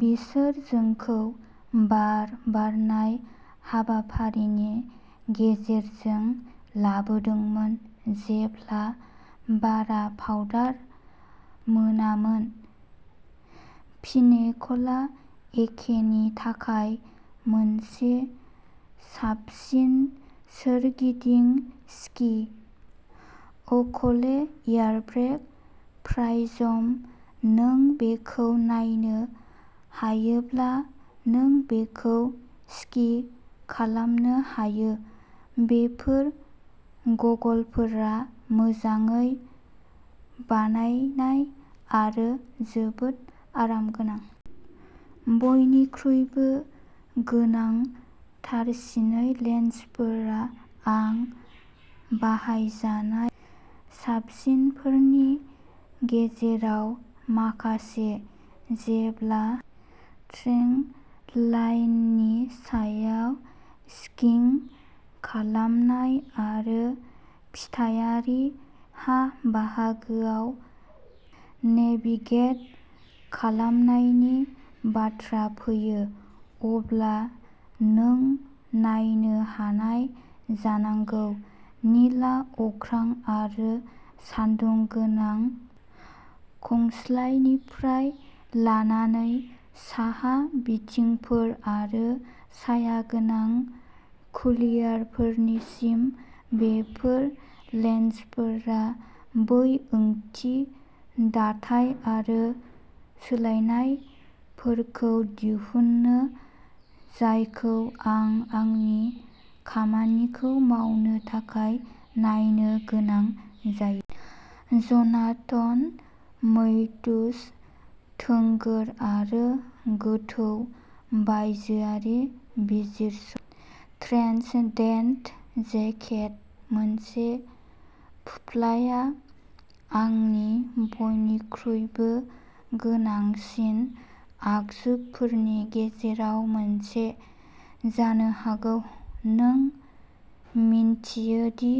बिसोर जोंखौ बार बारनाय हाबाफारिनि गेजेरजों लाबोदोंमोन जेब्ला बारा पाउडार मोनामोन। पिनेकलआ एकेनि थाखाय मोनसे साबसिन सोरगिदिं स्कि। अकले एयारब्रेक प्राइजम नों बेखौ नायनो हायोब्ला नों बेखौ स्कि खालामनो हायो। बेफोर गगलफोरा मोजाङै बानायनाय आरो जोबोद आरामगोनां। बयनिख्रुइबो गोनांथारसिनै लेन्सफोरा आं बाहायजानाय साबसिनफोरनि गेजेराव माखासे। जेब्ला ट्रेइलाइननि सायाव स्किइं खालामनाय आरो फिथायारि हा बाहागोआव नेभिगेट खालामनायनि बाथ्रा फैयो अब्ला नों नायनो हानाय जानांगौ। निला अख्रां आरो सान्दुं गोनां खंस्लायनिफ्राय लानानै साहा बिथिंफोर आरो सायागोनां कुलियारफोरसिम बेफोर लेन्सफोरा बै ओंथि दाथाय आरो सोलायनायफोरखौ दिहुनो जायखौ आं आंनि खामानिखौ मावनो थाखाय नायनो गोनां जायो। जनाथन मैथ्यूज थोंगोर आरो गोथौ बायजोआरि बिजिरसं ट्रेन्सडेन्ट जेकेट-मोनसे फुफ्लाया आंनि बयनिख्रुइबो गोनांसिन आगजुफोरनि गेजेराव मोनसे जानो हागौ। नों मिन्थियो दि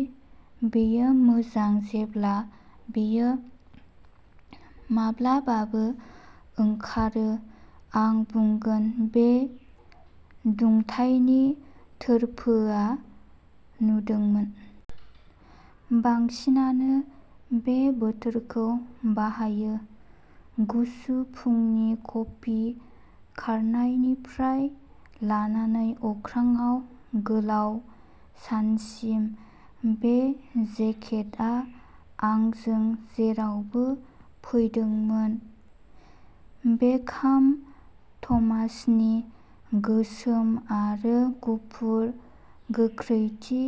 बेयो मोजां जेब्ला बेयो माब्लाबाबो ओंखारो। आं बुंगोन बे दुंथायनि थोरफोआ नुदोंमोन। बांसिनानो बे बोथोरखौ बाहायो। गुसु फुंनि कफि खारनायनिफ्राय लानानै अख्राङाव गोलाव सानसिम बे जेकेटआ आंजों जेरावबो फैदोंमोन। बेकहाम थमासनि गोसोम आरो गुफुर गोख्रैथि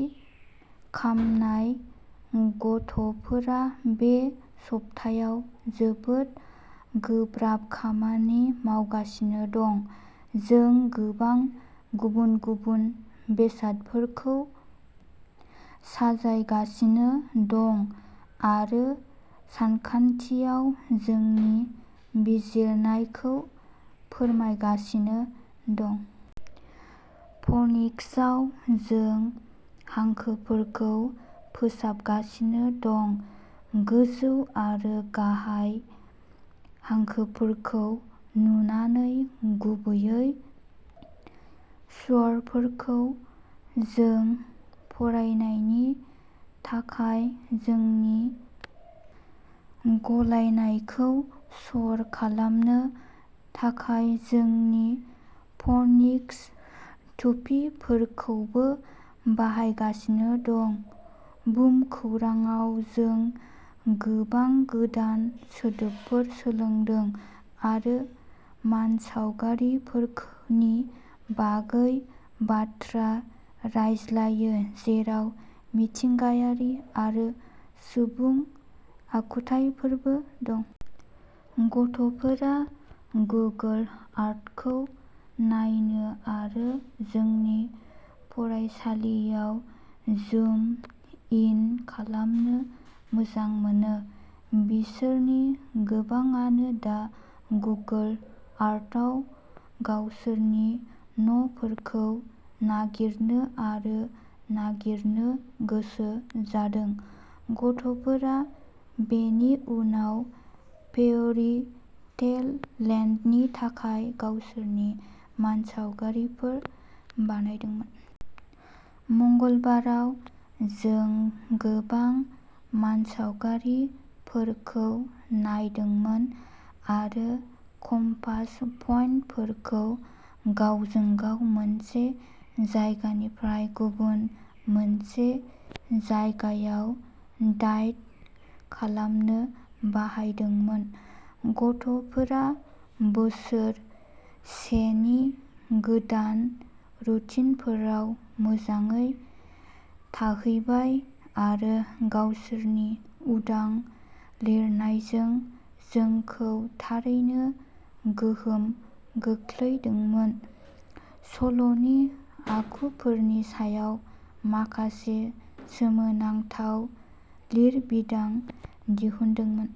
खामनाय। गथ'फोरा बे सप्तायाव जोबोद गोब्राब खामानि मावगासिनो दं। जों गोबां गुबुन-गुबुन बेसादफोरखौ साजायगासिनो दं आरो सानखान्थियाव जोंनि बिजिरनायखौ फोरमायगासिनो दं। फनिक्सआव जों हांखोफोरखौ फोसाबगासिनो दं गोजौ आरो गाहाय हांखोफोरखौ नुनानै, गुबैयै स्वरफोरखौ। जों फरायनायनि थाखाय जोंनि गलायनायखौ सर'खालामनो थाखाय जोंनि फनिक्स टुपिफोरखौबो बाहायगासिनो दं। भुमखौरांआव जों गोबां गोदान सोदोबफोर सोलोंदों आरो मानसावगारिफोरनि बागै बाथ्रा रायज्लायो, जेराव मिथिंगायारि आरो सुबुं आखुथायफोरबो दं। गथ'फोरा गुगोल आर्थखौ नायनो आरो जोंनि फरायसालियाव जुम इन खालामनो मोजां मोनो। बिसोरनि गोबांआनो दा गुगोल आर्थआव गावसोरनि न'फोरखौ नागिरनो आरो नागिरनो गोसो जादों। गथ'फोरा बेनि उनाव फेयरी टेल लेन्डनि थाखाय गावसोरनि मानसावगारिफोर बानायदोंमोन। मंगलबाराव। जों गोबां मानसावगारिफोरखौ नायदोंमोन आरो कम्पास पइन्टफोरखौ गावजों-गाव मोनसे जायगानिफ्राय गुबुन मोनसे जायगायाव डायेट खालामनो बाहायदोंमोन। गथ'फोरा बोसोर से नि गोदान रुटिनफोराव मोजाङै थाहैबाय आरो गावसोरनि उदां लिरनायजों जोंखौ थारैनो गोहोम खोख्लैदोंमोन, सल'नि आखुफोरनि सायाव माखासे सोमोनांथाव लिरबिदां दिहुनदोंमोन।